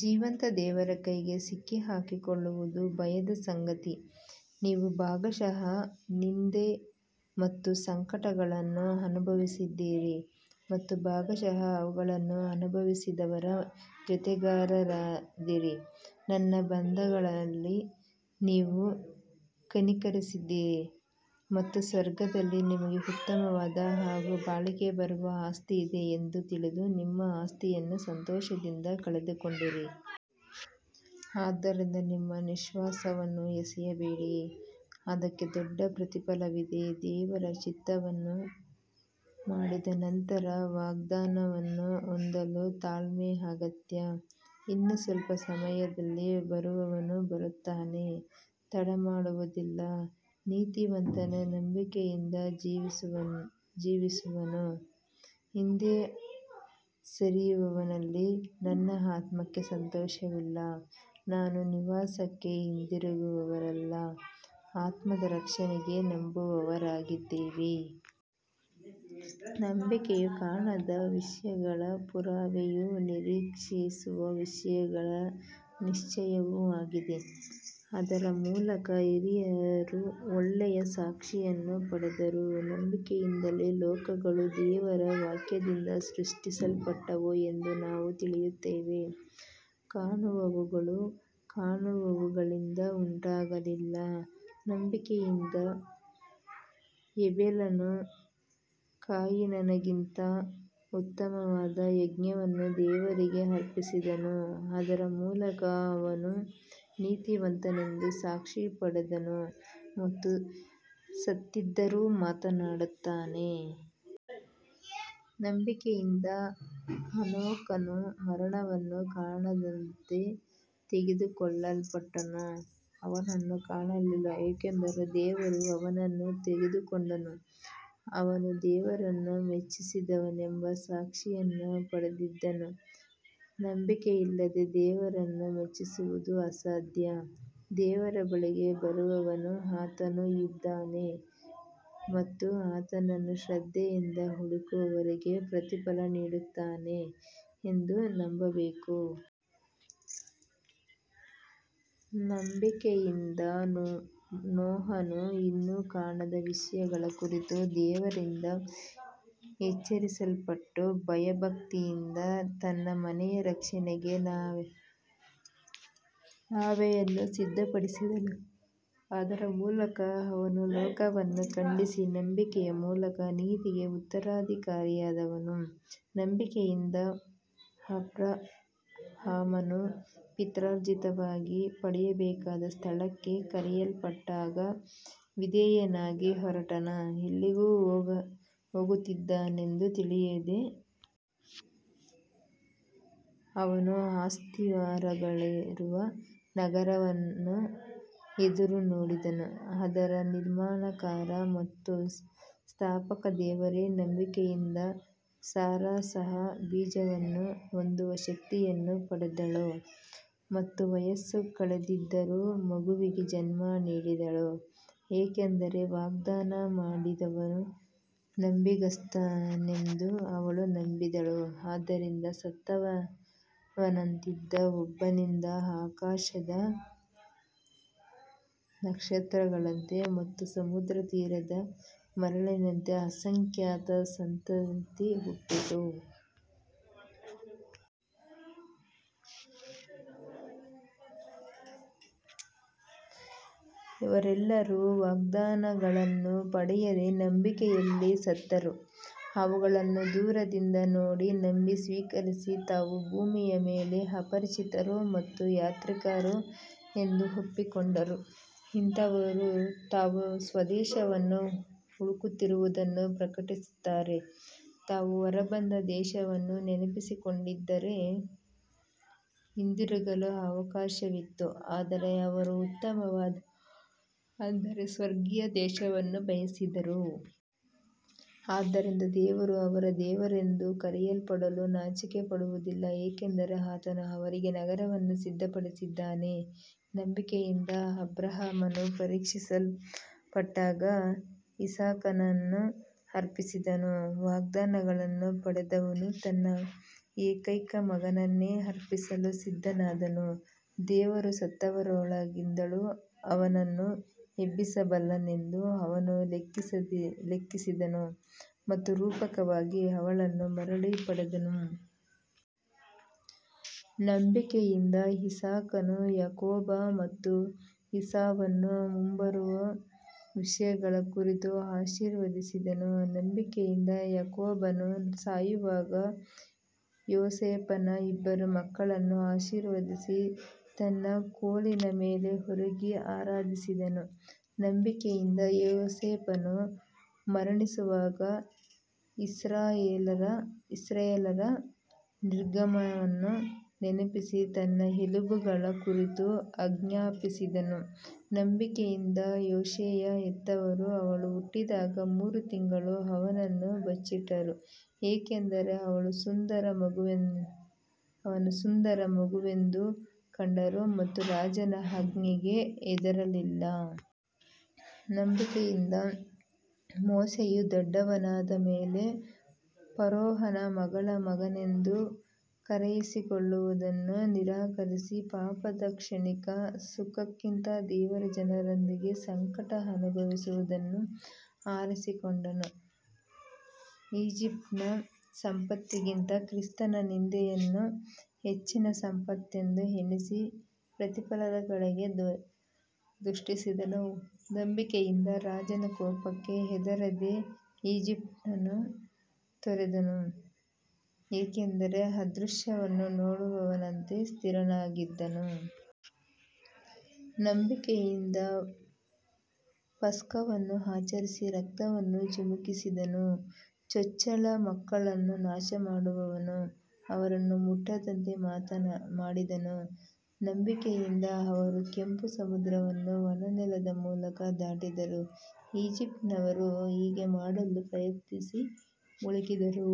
ಜೀವಂತ ದೇವರ ಕೈಗೆ ಸಿಕ್ಕಿಹಾಕಿಕೊಳ್ಳುವುದು ಭಯದ ಸಂಗತಿ. ನೀವು ಭಾಗಶಃ ನಿಂದೆ ಮತ್ತು ಸಂಕಟಗಳನ್ನು ಅನುಭವಿಸಿದಿರಿ ಮತ್ತು ಭಾಗಶಃ ಅವುಗಳನ್ನು ಅನುಭವಿಸಿದವರ ಜೊತೆಗಾರರಾದಿರಿ. ನನ್ನ ಬಂಧಗಳಲ್ಲಿ ನೀವು ಕನಿಕರಿಸಿದಿರಿ ಮತ್ತು ಸ್ವರ್ಗದಲ್ಲಿ ನಿಮಗೆ ಉತ್ತಮವಾದ ಹಾಗೂ ಬಾಳಿಕೆ ಬರುವ ಆಸ್ತಿಯಿದೆ ಎಂದು ತಿಳಿದು ನಿಮ್ಮ ಆಸ್ತಿಯನ್ನು ಸಂತೋಷದಿಂದ ಕಳೆದುಕೊಂಡಿರಿ. ಆದ್ದರಿಂದ ನಿಮ್ಮ ವಿಶ್ವಾಸವನ್ನು ಎಸೆಯಬೇಡಿ, ಅದಕ್ಕೆ ದೊಡ್ಡ ಪ್ರತಿಫಲವಿದೆ. ದೇವರ ಚಿತ್ತವನ್ನು ಮಾಡಿದ ನಂತರ ವಾಗ್ದಾನವನ್ನು ಹೊಂದಲು ತಾಳ್ಮೆ ಅಗತ್ಯ. ಇನ್ನೂ ಸ್ವಲ್ಪ ಸಮಯದಲ್ಲಿ ಬರುವವನು ಬರುತ್ತಾನೆ, ತಡಮಾಡುವುದಿಲ್ಲ. ನೀತಿವಂತನು ನಂಬಿಕೆಯಿಂದ ಜೀವಿಸುವನು, ಹಿಂದೆ ಸರಿಯುವವನಲ್ಲಿ ನನ್ನ ಆತ್ಮಕ್ಕೆ ಸಂತೋಷವಿಲ್ಲ. ನಾವು ವಿನಾಶಕ್ಕೆ ಹಿಂದಿರುಗುವವರಲ್ಲ, ಆತ್ಮದ ರಕ್ಷಣೆಗೆ ನಂಬುವವರಾಗಿದ್ದೇವೆ. ನಂಬಿಕೆಯು ಕಾಣದ ವಿಷಯಗಳ ಪುರಾವೆಯೂ ನಿರೀಕ್ಷಿಸುವ ವಿಷಯಗಳ ನಿಶ್ಚಯವೂ ಆಗಿದೆ. ಅದರ ಮೂಲಕ ಹಿರಿಯರು ಒಳ್ಳೆಯ ಸಾಕ್ಷಿಯನ್ನು ಪಡೆದರು. ನಂಬಿಕೆಯಿಂದಲೇ ಲೋಕಗಳು ದೇವರ ವಾಕ್ಯದಿಂದ ಸೃಷ್ಟಿಸಲ್ಪಟ್ಟವು ಎಂದು ನಾವು ತಿಳಿಯುತ್ತೇವೆ, ಕಾಣುವವುಗಳು ಕಾಣುವವುಗಳಿಂದ ಉಂಟಾಗಲಿಲ್ಲ. ನಂಬಿಕೆಯಿಂದ ಹೇಬೆಲನು ಕಾಯಿನನಿಗಿಂತ ಉತ್ತಮವಾದ ಯಜ್ಞವನ್ನು ದೇವರಿಗೆ ಅರ್ಪಿಸಿದನು. ಅದರ ಮೂಲಕ ಅವನು ನೀತಿವಂತನೆಂದು ಸಾಕ್ಷಿ ಪಡೆದನು ಮತ್ತು ಸತ್ತಿದ್ದರೂ ಮಾತನಾಡುತ್ತಾನೆ. ನಂಬಿಕೆಯಿಂದ ಹನೋಕನು ಮರಣವನ್ನು ಕಾಣದಂತೆ ತೆಗೆದುಕೊಳ್ಳಲ್ಪಟ್ಟನು. ಅವನನ್ನು ಕಾಣಲಿಲ್ಲ, ಏಕೆಂದರೆ ದೇವರು ಅವನನ್ನು ತೆಗೆದುಕೊಂಡನು. ಅವನು ದೇವರನ್ನು ಮೆಚ್ಚಿಸಿದನೆಂಬ ಸಾಕ್ಷಿಯನ್ನು ಪಡೆದಿದ್ದನು. ನಂಬಿಕೆಯಿಲ್ಲದೆ ದೇವರನ್ನು ಮೆಚ್ಚಿಸುವುದು ಅಸಾಧ್ಯ. ದೇವರ ಬಳಿಗೆ ಬರುವವನು ಆತನು ಇದ್ದಾನೆ ಮತ್ತು ಆತನನ್ನು ಶ್ರದ್ಧೆಯಿಂದ ಹುಡುಕುವವರಿಗೆ ಪ್ರತಿಫಲ ನೀಡುತ್ತಾನೆ ಎಂದು ನಂಬಬೇಕು. ನಂಬಿಕೆಯಿಂದ ನೋಹನು ಇನ್ನೂ ಕಾಣದ ವಿಷಯಗಳ ಕುರಿತು ದೇವರಿಂದ ಎಚ್ಚರಿಸಲ್ಪಟ್ಟು ಭಯಭಕ್ತಿಯಿಂದ ತನ್ನ ಮನೆಯ ರಕ್ಷಣೆಗೆ ನಾವೆಯನ್ನು ಸಿದ್ಧಪಡಿಸಿದನು. ಅದರ ಮೂಲಕ ಅವನು ಲೋಕವನ್ನು ಖಂಡಿಸಿ ನಂಬಿಕೆಯ ಮೂಲಕ ನೀತಿಗೆ ಉತ್ತರಾಧಿಕಾರಿಯಾದನು. ನಂಬಿಕೆಯಿಂದ ಅಬ್ರಹಾಮನು ಪಿತ್ರಾರ್ಜಿತವಾಗಿ ಪಡೆಯಬೇಕಾದ ಸ್ಥಳಕ್ಕೆ ಕರೆಯಲ್ಪಟ್ಟಾಗ ವಿಧೇಯನಾಗಿ ಹೊರಟನು, ಎಲ್ಲಿಗೆ ಹೋಗುತ್ತಿದ್ದಾನೆಂದು ತಿಳಿಯದೆ. ಅವನು ಅಸ್ತಿವಾರಗಳಿರುವ ನಗರವನ್ನು ಎದುರುನೋಡಿದನು, ಅದರ ನಿರ್ಮಾಣಕಾರ ಮತ್ತು ಸ್ಥಾಪಕ ದೇವರೇ. ನಂಬಿಕೆಯಿಂದ ಸಾರಾ ಸಹ ಬೀಜವನ್ನು ಹೊಂದುವ ಶಕ್ತಿಯನ್ನು ಪಡೆದಳು ಮತ್ತು ವಯಸ್ಸು ಕಳೆದಿದ್ದರೂ ಮಗುವಿಗೆ ಜನ್ಮ ನೀಡಿದಳು, ಏಕೆಂದರೆ ವಾಗ್ದಾನ ಮಾಡಿದವನು ನಂಬಿಗಸ್ತನೆಂದು ಅವಳು ನಂಬಿದಳು. ಆದ್ದರಿಂದ ಸತ್ತವನಂತಿದ್ದ ಒಬ್ಬನಿಂದ ಆಕಾಶದ ನಕ್ಷತ್ರಗಳಂತೆ ಮತ್ತು ಸಮುದ್ರತೀರದ ಮರಳಿನಂತೆ ಅಸಂಖ್ಯಾತ ಸಂತತಿ ಹುಟ್ಟಿತು. ಇವರೆಲ್ಲರೂ ವಾಗ್ದಾನಗಳನ್ನು ಪಡೆಯದೆ ನಂಬಿಕೆಯಲ್ಲಿ ಸತ್ತರು. ಅವುಗಳನ್ನು ದೂರದಿಂದ ನೋಡಿ, ನಂಬಿ, ಸ್ವೀಕರಿಸಿ, ತಾವು ಭೂಮಿಯ ಮೇಲೆ ಅಪರಿಚಿತರು ಮತ್ತು ಯಾತ್ರಿಕರು ಎಂದು ಒಪ್ಪಿಕೊಂಡರು. ಇಂಥವರು ತಾವು ಸ್ವದೇಶವನ್ನು ಹುಡುಕುತ್ತಿರುವುದನ್ನು ಪ್ರಕಟಿಸುತ್ತಾರೆ. ತಾವು ಹೊರಬಂದ ದೇಶವನ್ನು ನೆನಪಿಸಿಕೊಂಡಿದ್ದರೆ ಹಿಂದಿರುಗಲು ಅವಕಾಶವಿತ್ತು. ಆದರೆ ಅವರು ಉತ್ತಮವಾದ, ಅಂದರೆ ಸ್ವರ್ಗೀಯ ದೇಶವನ್ನು ಬಯಸಿದರು. ಆದ್ದರಿಂದ ದೇವರು ಅವರ ದೇವರೆಂದು ಕರೆಯಲ್ಪಡಲು ನಾಚಿಕೆಪಡುವುದಿಲ್ಲ, ಏಕೆಂದರೆ ಆತನು ಅವರಿಗೆ ನಗರವನ್ನು ಸಿದ್ಧಪಡಿಸಿದ್ದಾನೆ. ನಂಬಿಕೆಯಿಂದ ಅಬ್ರಹಾಮನು ಪರೀಕ್ಷಿಸಲ್ಪಟ್ಟಾಗ ಇಸಾಕನನ್ನು ಅರ್ಪಿಸಿದನು. ವಾಗ್ದಾನಗಳನ್ನು ಪಡೆದವನು ತನ್ನ ಏಕೈಕ ಮಗನನ್ನೇ ಅರ್ಪಿಸಲು ಸಿದ್ಧನಾದನು. ದೇವರು ಸತ್ತವರೊಳಗಿಂದಲೂ ಅವನನ್ನು ಎಬ್ಬಿಸಬಲ್ಲನೆಂದು ಅವನು ಲೆಕ್ಕಿಸಿದನು ಮತ್ತು ರೂಪಕವಾಗಿ ಅವನನ್ನು ಮರಳಿ ಪಡೆದನು. ನಂಬಿಕೆಯಿಂದ ಇಸಾಕನು ಯಾಕೋಬ ಮತ್ತು ಏಸಾವನ್ನು ಮುಂಬರುವ ವಿಷಯಗಳ ಕುರಿತು ಆಶೀರ್ವದಿಸಿದನು. ನಂಬಿಕೆಯಿಂದ ಯಾಕೋಬನು ಸಾಯುವಾಗ ಯೋಸೇಫನ ಇಬ್ಬರು ಮಕ್ಕಳನ್ನು ಆಶೀರ್ವದಿಸಿ ತನ್ನ ಕೋಲಿನ ಮೇಲೆ ಒರಗಿ ಆರಾಧಿಸಿದನು. ನಂಬಿಕೆಯಿಂದ ಯೋಸೇಫನು ಮರಣಿಸುವಾಗ ಇಸ್ರಾಯೇಲ್ಯರ ನಿರ್ಗಮನವನ್ನು ನೆನಪಿಸಿ ತನ್ನ ಎಲುಬುಗಳ ಕುರಿತು ಆಜ್ಞಾಪಿಸಿದನು. ನಂಬಿಕೆಯಿಂದ ಮೋಶೆಯ ಹೆತ್ತವರು ಅವನು ಹುಟ್ಟಿದಾಗ ಮೂರು ತಿಂಗಳು ಅವನನ್ನು ಬಚ್ಚಿಟ್ಟರು, ಏಕೆಂದರೆ ಅವನು ಸುಂದರ ಮಗುವೆಂದು ಕಂಡರು ಮತ್ತು ರಾಜನ ಆಜ್ಞೆಗೆ ಹೆದರಲಿಲ್ಲ. ನಂಬಿಕೆಯಿಂದ ಮೋಶೆಯು ದೊಡ್ಡವನಾದ ಮೇಲೆ ಫರೋಹನ ಮಗಳ ಮಗನೆಂದು ಕರೆಯಿಸಿಕೊಳ್ಳುವುದನ್ನು ನಿರಾಕರಿಸಿ, ಪಾಪದ ಕ್ಷಣಿಕ ಸುಖಕ್ಕಿಂತ ದೇವರ ಜನರೊಂದಿಗೆ ಸಂಕಟ ಅನುಭವಿಸುವುದನ್ನು ಆರಿಸಿಕೊಂಡನು. ಈಜಿಪ್ಟಿನ ಸಂಪತ್ತಿಗಿಂತ ಕ್ರಿಸ್ತನ ನಿಂದೆಯನ್ನು ಹೆಚ್ಚಿನ ಸಂಪತ್ತೆಂದು ಎಣಿಸಿ ಪ್ರತಿಫಲದ ಕಡೆಗೆ ದೃಷ್ಟಿಸಿದನು. ನಂಬಿಕೆಯಿಂದ ರಾಜನ ಕೋಪಕ್ಕೆ ಹೆದರದೆ ಈಜಿಪ್ಟನ್ನು ತೊರೆದನು, ಏಕೆಂದರೆ ಅದೃಶ್ಯನನ್ನು ನೋಡುವವನಂತೆ ಸ್ಥಿರನಾಗಿದ್ದನು. ನಂಬಿಕೆಯಿಂದ ಪಸ್ಕವನ್ನು ಆಚರಿಸಿ ರಕ್ತವನ್ನು ಚಿಮುಕಿಸಿದನು, ಚೊಚ್ಚಲ ಮಕ್ಕಳನ್ನು ನಾಶಮಾಡುವವನು ಅವರನ್ನು ಮುಟ್ಟದಂತೆ ಮಾಡಿದನು. ನಂಬಿಕೆಯಿಂದ ಅವರು ಕೆಂಪು ಸಮುದ್ರವನ್ನು ಒಣ ನೆಲದ ಮೂಲಕ ದಾಟಿದರು, ಈಜಿಪ್ಟಿನವರು ಹಾಗೆ ಮಾಡಲು ಪ್ರಯತ್ನಿಸಿ ಮುಳುಗಿದರು.